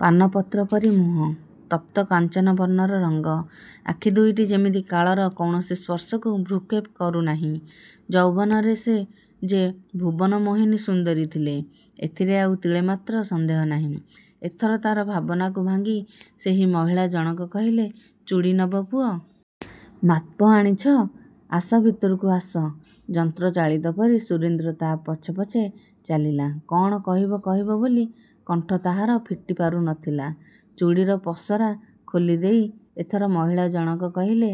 ପାନପତ୍ର ପରି ମୁହଁ, ତପ୍ତ କାଞ୍ଚନ ବର୍ଣ୍ଣର ରଙ୍ଗ, ଆଖି ଦୁଇଟି ଯେମିତି କାଳର କୌଣସି ସ୍ପର୍ଶକୁ ଭ୍ରୂକ୍ଷେପ କରୁନାହିଁ-। ଯୌବନରେ ସେ ଯେ ଭୁବନମୋହିନୀ ସୁନ୍ଦରୀ ଥିଲେ, ଏଥିରେ ଆଉ ତିଳେମାତ୍ର ସନ୍ଦେହ ନାହିଁ-। ଏଥର ତା'ର ଭାବନାକୁ ଭାଙ୍ଗି ସେହି ମହିଳା ଜଣକ କହିଲେ, ଚୁଡ଼ି ନବ ପୁଅ? ମାପ ଆଣିଛ? ଆସ ଭିତରକୁ ଆସ। ଯନ୍ତ୍ରଚାଳିତ ପରି ସୁରେନ୍ଦ୍ର ତା' ପଛେ ପଛେ ଚାଲିଲା। କ'ଣ କହିବ କହିବ ବୋଲି କଣ୍ଠ ତାହାର ଫିଟି ପାରୁ ନ ଥିଲା। ଚୁଡ଼ିର ପସରା ଖୋଲି ଦେଇ ଏଥର ମହିଳା ଜଣକ କହିଲେ,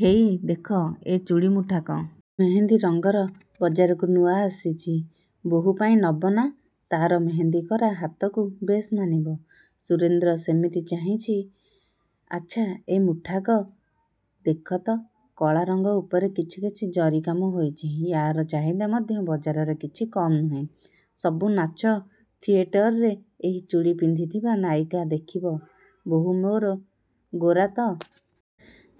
ହେଇ ଦେଖ, ଏ ଚୁଡ଼ି ମୁଠାକ। ମେହେନ୍ଦି ରଙ୍ଗର ବଜାରକୁ ନୂଆ ଆସିଛି। ବୋହୂ ପାଇଁ ନବ ନାଁ। ତା'ର ମେହେନ୍ଦିକରା ହାତକୁ ବେଶ୍ ମାନିବ। ସୁରେନ୍ଦ୍ର ସେମିତି ଚାହିଁଚି। ଆଚ୍ଛା, ଏ ମୁଠାକ ଦେଖ ତ। କଳା ରଙ୍ଗ ଉପରେ କିଛି କିଛି ଜରି କାମ ହୋଇଛି। ୟାର ଚାହିଦା ମଧ୍ୟ ବଜାରରେ କିଛି କମ୍ ନୁହେଁ, ସବୁ ନାଚ ଥିଏଟରରେ ଏହି ଚୁଡ଼ି ପିନ୍ଧିଥିବା ନାୟିକା ଦେଖିବ, ବୋହୂ ମୋ'ର ଗୋରା ତ?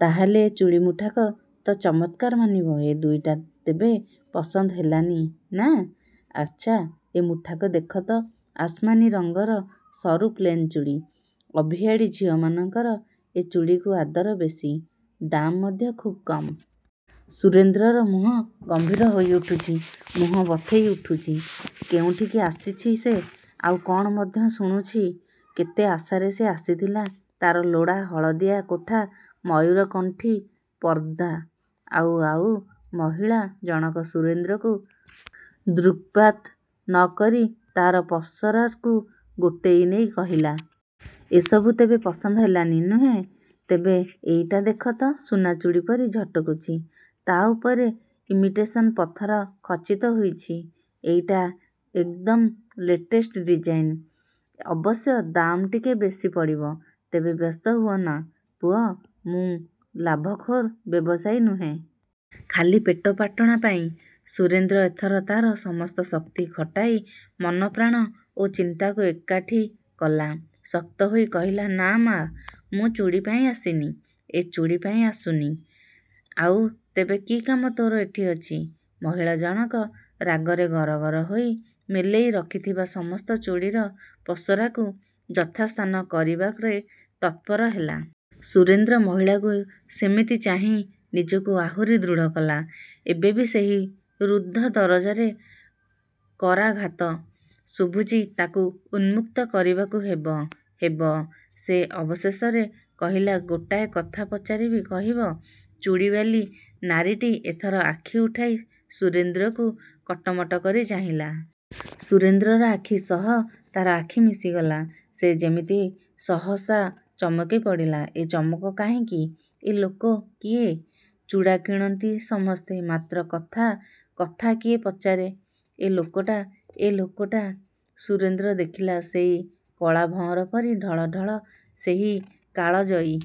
ତା' ହେଲେ ଏ ଚୁଡ଼ି ମୁଠାକ ତ ଚମତ୍କାର ମାନିବ। ଏ ଦୁଇଟା ତେବେ ପସନ୍ଦ ହେଲାନି, ନାଁ? ଆଚ୍ଛା, ଏ ମୁଠାକ ଦେଖ ତ, ଆସମାନି ରଙ୍ଗର ସରୁ ପ୍ଲେନ ଚୁଡ଼ି। ଅଭିଆଡ଼ୀ ଝିଅମାଙ୍କର ଏ ଚୁଡ଼ିକୁ ଆଦର ବେଶୀ, ଦାମ୍ ମଧ୍ୟ ଖୁବ୍ କମ୍-। ସୁରେନ୍ଦ୍ରର ମୁହଁ ଗମ୍ଭୀର ହୋଇ ଉଠିଚି। ମୁଣ୍ଡ ବଥେଇ ଉଠୁଛି, କେଉଁଠିକି ଆସିଛି ସେ-? ଆଉ କ'ଣ ମଧ୍ୟ ଶୁଣୁଛି? କେତେ ଆଶାରେ ସେ ଆସିଥିଲା। ତା'ର ଲୋଡ଼ା ହଳଦିଆ କୋଠା ମୟୂରକଣ୍ଠୀ ପର୍ଦ୍ଦା। ଆଉ-. ଆଉ-. ମହିଳା ଜଣକ ସୁରେନ୍ଦ୍ରକୁ ଦୃକ୍ପାତ ନ କରି, ତା'ର ପସରାକୁ ଗୋଟେଇ ନେଇ କହିଲା-. ଏସବୁ ତେବେ ପସନ୍ଦ ହେଲାନି, ନୁହେଁ? ତେବେ ଏଇଟା ଦେଖ ତ, ସୁନା ଚୁଡ଼ି ପରି ଝଟକୁଛି। ତା' ଉପରେ ଇମିଟେସନ ପଥର ଖଚିତ ହୋଇଛି। ଏଇଟା ଏକଦମ୍ ଲେଟେଷ୍ଟ ଡିଜାଇନ୍। ଅବଶ୍ୟ ଦାମ୍ ଟିକେ ବେଶୀ ପଡ଼ିବ। ତେବେ ବ୍ୟସ୍ତ ହୁଅନା ପୁଅ। ମୁଁ ଲାଭଖୋର ବ୍ୟବସାୟୀ ନୁହେଁ। ଖାଲି ପେଟପାଟଣା ପାଇଁ। ସୁରେନ୍ଦ୍ର ଏଥର ତା'ର ସମସ୍ତ ଶକ୍ତି ଖଟାଇ, ମନ ପ୍ରାଣ ଓ ଚିନ୍ତାକୁ ଏକାଠି କଲା। ଶକ୍ତ ହୋଇ କହିଲା-ନାଁ ମା, ମୁଁ ଚୁଡ଼ିପାଇଁ ଆସିନି। ଏଁ ଚୁଡ଼ିପାଇଁ ଆସିନୁ? ଆଉ ତେବେ କି କାମ ତୋ'ର ଏଠି ଅଛି? ମହିଳା ଜଣକ ରାଗରେ ଗର ଗର ହୋଇ ମେଲେଇ ରଖିଥିବା ସମସ୍ତ ଚୁଡ଼ିର ପସରାକୁ ଯଥାସ୍ଥାନ କରିବାରେ ତତ୍ପର ହେଲା। ସୁରେନ୍ଦ୍ର ମହିଳାକୁ ସେମିତି ଚାହିଁ, ନିଜକୁ ଆହୁରି ଦୃଢ଼ କଲା। ଏବେ ବି ସେହି ରୁଦ୍ଧ ଦରଜାରେ କରାଘାତ। ଶୁଭୁଛି ତାକୁ ଉନ୍ମକ୍ତ କରିବାକୁ ହେବ, ହେବ,। ସେ ଅବଶେଷରେ କହିଲା, ଗୋଟିଏ କଥା ପଚାରିବି, କହିବ? ଚୁଡ଼ିବାଲୀ ନାରୀଟି ଏଥର ଆଖି ଉଠାଇ ସୁରେନ୍ଦ୍ରକୁ କଟମଟ କରି ଚାହିଁଲା। ସୁରେନ୍ଦ୍ରର ଆଖି ସହ ତା'ର ଆଖି ମିଶିଗଲା। ସେ ଯେମିତି ସହସା ଚମକି ପଡ଼ିଲା। ଏ ଚମକ କାହିଁକି? ଏ ଲୋକ କିଏ? ଚୁଡ଼ି କିଣନ୍ତି ସମସ୍ତେ- ମାତ୍ର କଥା, କଥା କିଏ ପଚାରେ? ଏ ଲୋକଟା- ଏ- ଲୋକଟା- ସୁରେନ୍ଦ୍ର ଦେଖିଲା- ସେଇ କଳା ଭଅଁର ପରି ଢଳଢଳ ସେହି କାଳଜୟୀ